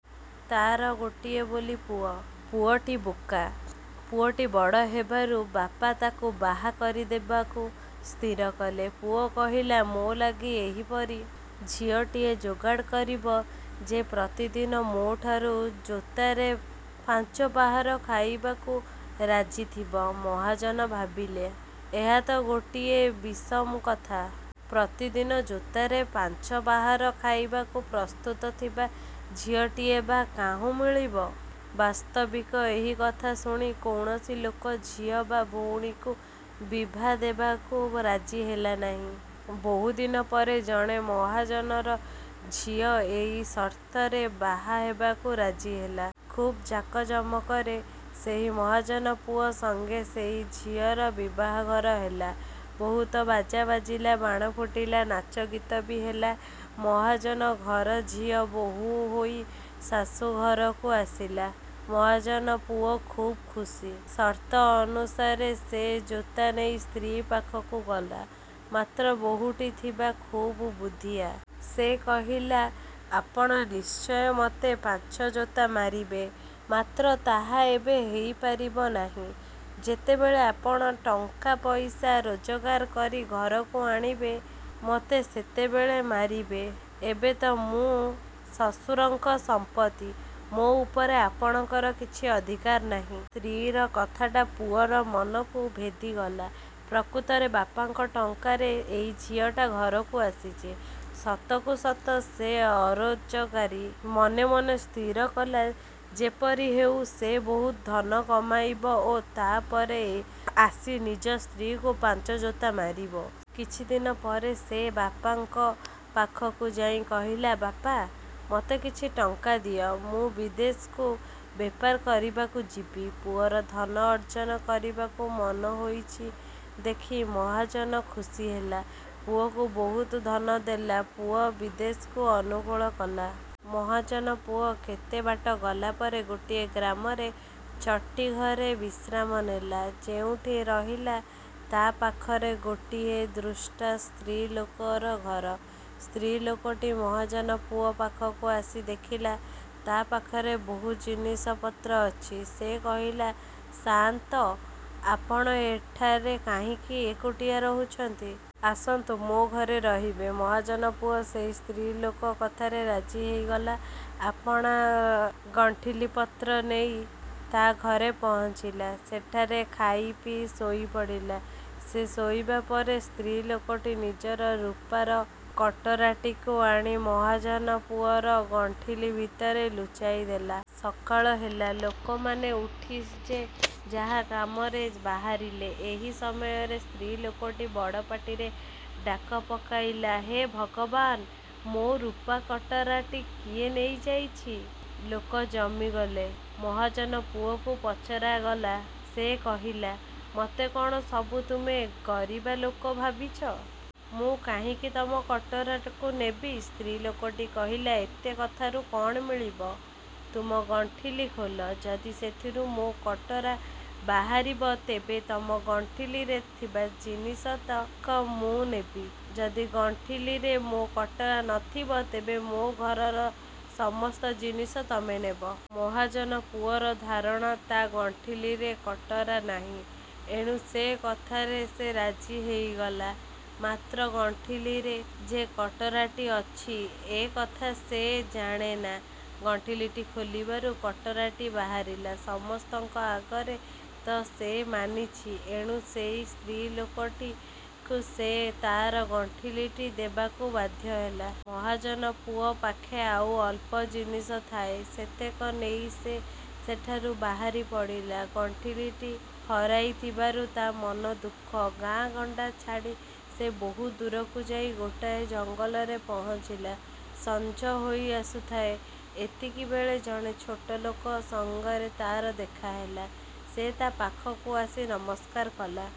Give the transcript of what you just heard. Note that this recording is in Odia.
ତା'ର ଗୋଟିଏ ବୋଲି ପୁଅ। ପୁଅଟି ବୋକା। ପୁଅଟି ବଡ଼ ହେବାରୁ ବାପା ତାକୁ ବାହା କରିଦେବାକୁ ସ୍ଥିରକଲେ। ପୁଅ କହିଲା-''ମୋ ଲାଗି ଏପରି ଝିଅଟିଏ ଯୋଗାଡ଼ କରିବ ଯେ ପ୍ରତିଦିନ ମୋଠାରୁ ଯୋତାରେ ପାଞ୍ଚପାହାର ଖାଇବାକୁ ରାଜିଥିବ। '' ମହାଜନ ଭାବିଲା, ଏହା ତ ଗୋଟିଏ ବିଷମ କଥା। ପ୍ରତିଦିନ ଯୋତାରେ ପାଞ୍ଚପାହାର ଖାଇବାକୁ ପ୍ରସ୍ତୁତ ଥିବା ଝିଅଟିଏ ବା କାହୁଁ ମିଳିବ? ବାସ୍ତବିକ୍ ଏହି କଥା ଶୁଣି କୌଣସି ଲୋକ ଝିଅ ବା ଭଉଣୀକୁ ବିଭା ଦେବାକୁ ରାଜି ହେଲାନାହିଁ। ବହୁଦିନ ପରେ ଜଣେ ମହାଜନର ଝିଅ ଏଇ ସର୍ତ୍ତରେ ବାହା ହେବାକୁ ରାଜିହେଲା। ଖୁବ୍ ଜାକଯମକରେ ସେହି ମହାଜନ ପୁଅ ସଙ୍ଗେ ସେଇ ଝିଅର ବିଭାଘର ହେଲା। ବହୁତ ବାଜା ବାଜିଲା। ବାଣ ଫୁଟିଲା। ନାଚ ଗୀତ ବି ହେଲା। ମହାଜନ ଘର ଝିଅ ବୋହୂହୋଇ ଶାଶୂ ଘରକୁ ଆସିଲା। ମହାଜନ ପୁଅ ଖୁବ୍ ଖୁସି। ସର୍ତ୍ତ ଅନୁସାରେ ସେ ଯୋତା ନେଇ ସ୍ତ୍ରୀ ପାଖକୁ ଗଲା; ମାତ୍ର ବୋହୂଟି ଥିଲା ଖୁବ୍ ବୁଦ୍ଧିଆ। ସେ କହିଲା-''ଆପଣ ନିଶ୍ଚୟ ମୋତେ ପାଞ୍ଚ ଯୋତା ମାରିବେ; ମାତ୍ର ତାହା ଏବେ ହୋଇପାରିବନାହିଁ। ଯେତେବେଳେ ଆପଣ ଟଙ୍କା ପଇସା ରୋଜଗାର କରି ଘରକୁ ଆଣିବେ, ମୋତେ ସେତେବେଳେ ମାରିବେ। ଏବେ ତ ମୁଁ ଶ୍ୱଶୁରଙ୍କ ସମ୍ପତ୍ତି। ମୋ ଉପରେ ଆପଣଙ୍କର କିଛି ଅଧିକାର ନାହିଁ। '' ସ୍ତ୍ରୀର କଥାଟା ପୁଅର ମନକୁ ଭେଦିଗଲା। ପ୍ରକୃତରେ ବାପାଙ୍କ ଟଙ୍କାରେ ଏଇ ଝିଅଟା ଘରକୁ ଆସିଛି। ସତକୁ ସତ ସେ ଅରୋଜଗାରୀ। ମନେ ମନେ ସ୍ଥିରକଲା ଯେପରି ହେଉ ସେ ବହୁତ ଧନ କମାଇବ ଓ ତା'ପରେ ଆସି ନିଜ ସ୍ତ୍ରୀକୁ ପାଞ୍ଚଯୋତା ମାରିବ। କିଛିଦିନ ପରେ ସେ ବାପାଙ୍କ। ପାଖକୁ ଯାଇ କହିଲା-''ବାପା! ମୋତେ କିଛି ଟଙ୍କା ଦିଅ, ମୁଁ ବିଦେଶକୁ ବେପାର କରିବାକୁ ଯିବି। '' ପୁଅର ଧନ ଅର୍ଜନ କରିବାକୁ ମନହୋଇଛି ଦେଖି ମହାଜନ ଖୁସିହେଲା। ପୁଅକୁ ବହୁତ ଧନ ଦେଲା। ପୁଅ ବିଦେଶକୁ ଅନୁକୂଳ କଲା। ମହାଜନ ପୁଅ କେତେବାଟ ଗଲାପରେ ଗୋଟିଏ ଗ୍ରାମରେ ଚଟିଘରେ ବିଶ୍ରାମ ନେଲା। ଯେଉଁଠି ରହିଲା, ତା' ପାଖରେ ଗୋଟିଏ ଦୁଷ୍ଟା ସ୍ତ୍ରୀ ଲୋକର ଘର। ସ୍ତ୍ରୀ ଲୋକଟି ମହାଜନ ପୁଅ ପାଖକୁ ଆସି ଦେଖିଲା, ତା' ପାଖରେ ବହୁତ ଜିନିଷପତ୍ର ଅଛି। ସେ କହିଲା-''ସାଆନ୍ତ! ଆପଣ ଏଠାରେ କାହିଁକି ଏକୁଟିଆ ରହୁଛନ୍ତି। ଆସନ୍ତୁ ମୋ ଘରେ ରହିବେ। '' ମହାଜନ ପୁଅ ସେହି ସ୍ତ୍ରୀ ଲୋକ କଥାରେ ରାଜି ହୋଇଗଲା। ଆପଣା ଗଣ୍ଠିଲିପତ୍ର ନେଇ ତା' ଘରେ ପହଞ୍ଚିଲା। ସେଠାରେ ଖାଇ ପିଇ ଶୋଇପଡ଼ିଲା। ସେ ଶୋଇବା ପରେ ସ୍ତ୍ରୀ ଲୋକଟି ନିଜର ରୁପାର କଟରାଟିକୁ ଆଣି ମହାଜନ ପୁଅର ଗଣ୍ଠିଲି ଭିତରେ ଲୁଚାଇ ଦେଲା। ସକାଳ ହେଲା, ଲୋକମାନେ ଉଠି ଯେ ଯାହା କାମରେ ବାହାରିଲେ। ଏହି ସମୟରେ ସ୍ତ୍ରୀ ଲୋକଟି ବଡ଼ପାଟିରେ ଡାକ ପକାଇଲା-''ହେ ଭଗବାନ୍! ମୋ ରୁପା କଟରାଟି କିଏ ନେଇ ଯାଇଛି। '' ଲୋକ ଜମିଗଲେ। ମହାଜନ ପୁଅକୁ ପଚରାଗଲା। ସେ କହିଲା-''ମୋତେ କ'ଣ ସବୁ ତୁମେ ଗରିବା ଲୋକ ଭାବିଛ? ମୁଁ କାହିଁକି ତୁମ କଟରାକୁ ନେବି। '' ସ୍ତ୍ରୀ ଲୋକଟି କହିଲା-''ଏତେ କଥାରୁ କ'ଣ ମିଳିବ? ତୁମ ଗଣ୍ଠିଲି ଖୋଲ, ଯଦି ସେଥିରୁ ମୋ କଟରା ବାହାରିବ ତେବେ ତୁମ ଗଣ୍ଠିଲିରେ ଥିବା ଜିନିଷତକ ମୁଁ ନେବି। ଯଦି ଗଣ୍ଠିଲିରେ ମୋ କଟରା ନଥିବ, ତେବେ ମୋ ଘରର ସମସ୍ତ ଜିନିଷ ତମେ ନେବ। '' ମହାଜନ ପୁଅର ଧାରଣା ତା' ଗଣ୍ଠିଲିରେ କଟରା ନାହିଁ। ଏଣୁ ସେ କଥାରେ ସେ ରାଜି ହୋଇଗଲା; ମାତ୍ର ଗଣ୍ଠିଲିରେ ଯେ କଟରାଟି ଅଛି, ଏ କଥା ସେ ଜାଣେନା। ଗଣ୍ଠିଲିଟି ଖୋଲିବାରୁ କଟରାଟି ବାହାରିଲା। ସମସ୍ତଙ୍କ ଆଗରେ ତ ସେ ମାନିଛି। ଏଣୁ ସେଇ ସ୍ତ୍ରୀ ଲୋକଟିକୁ ସେ ତା'ର ଗଣ୍ଠିଲିଟି ଦେବାକୁ ବାଧ୍ୟହେଲା। ମହାଜନ ପୁଅ ପାଖେ ଆଉ ଅଳ୍ପ ଜିନିଷ ଥାଏ। ସେତକ ନେଇ ସେ ସେଠାରୁ ବାହାରି ପଡ଼ିଲା। ଗଣ୍ଠିଲିଟି ହରାଇଥିବାରୁ ତା' ମନରେ ଦୁଃଖ। ଗାଁ ଗଣ୍ଡା ଛାଡ଼ି ସେ ବହୁତ ଦୂରକୁ ଯାଇ ଗୋଟାଏ ଜଙ୍ଗଲରେ ପହଞ୍ଚିଲା। ସଞ୍ଜ ହୋଇଆସୁଥାଏ। ଏତିକିବେଳେ ଜଣେ ଛୋଟା ଲୋକ ସଙ୍ଗରେ ତା'ର ଦେଖାହେଲା। ସେ ତା' ପାଖକୁ ଆସି ନମସ୍କାର କଲା।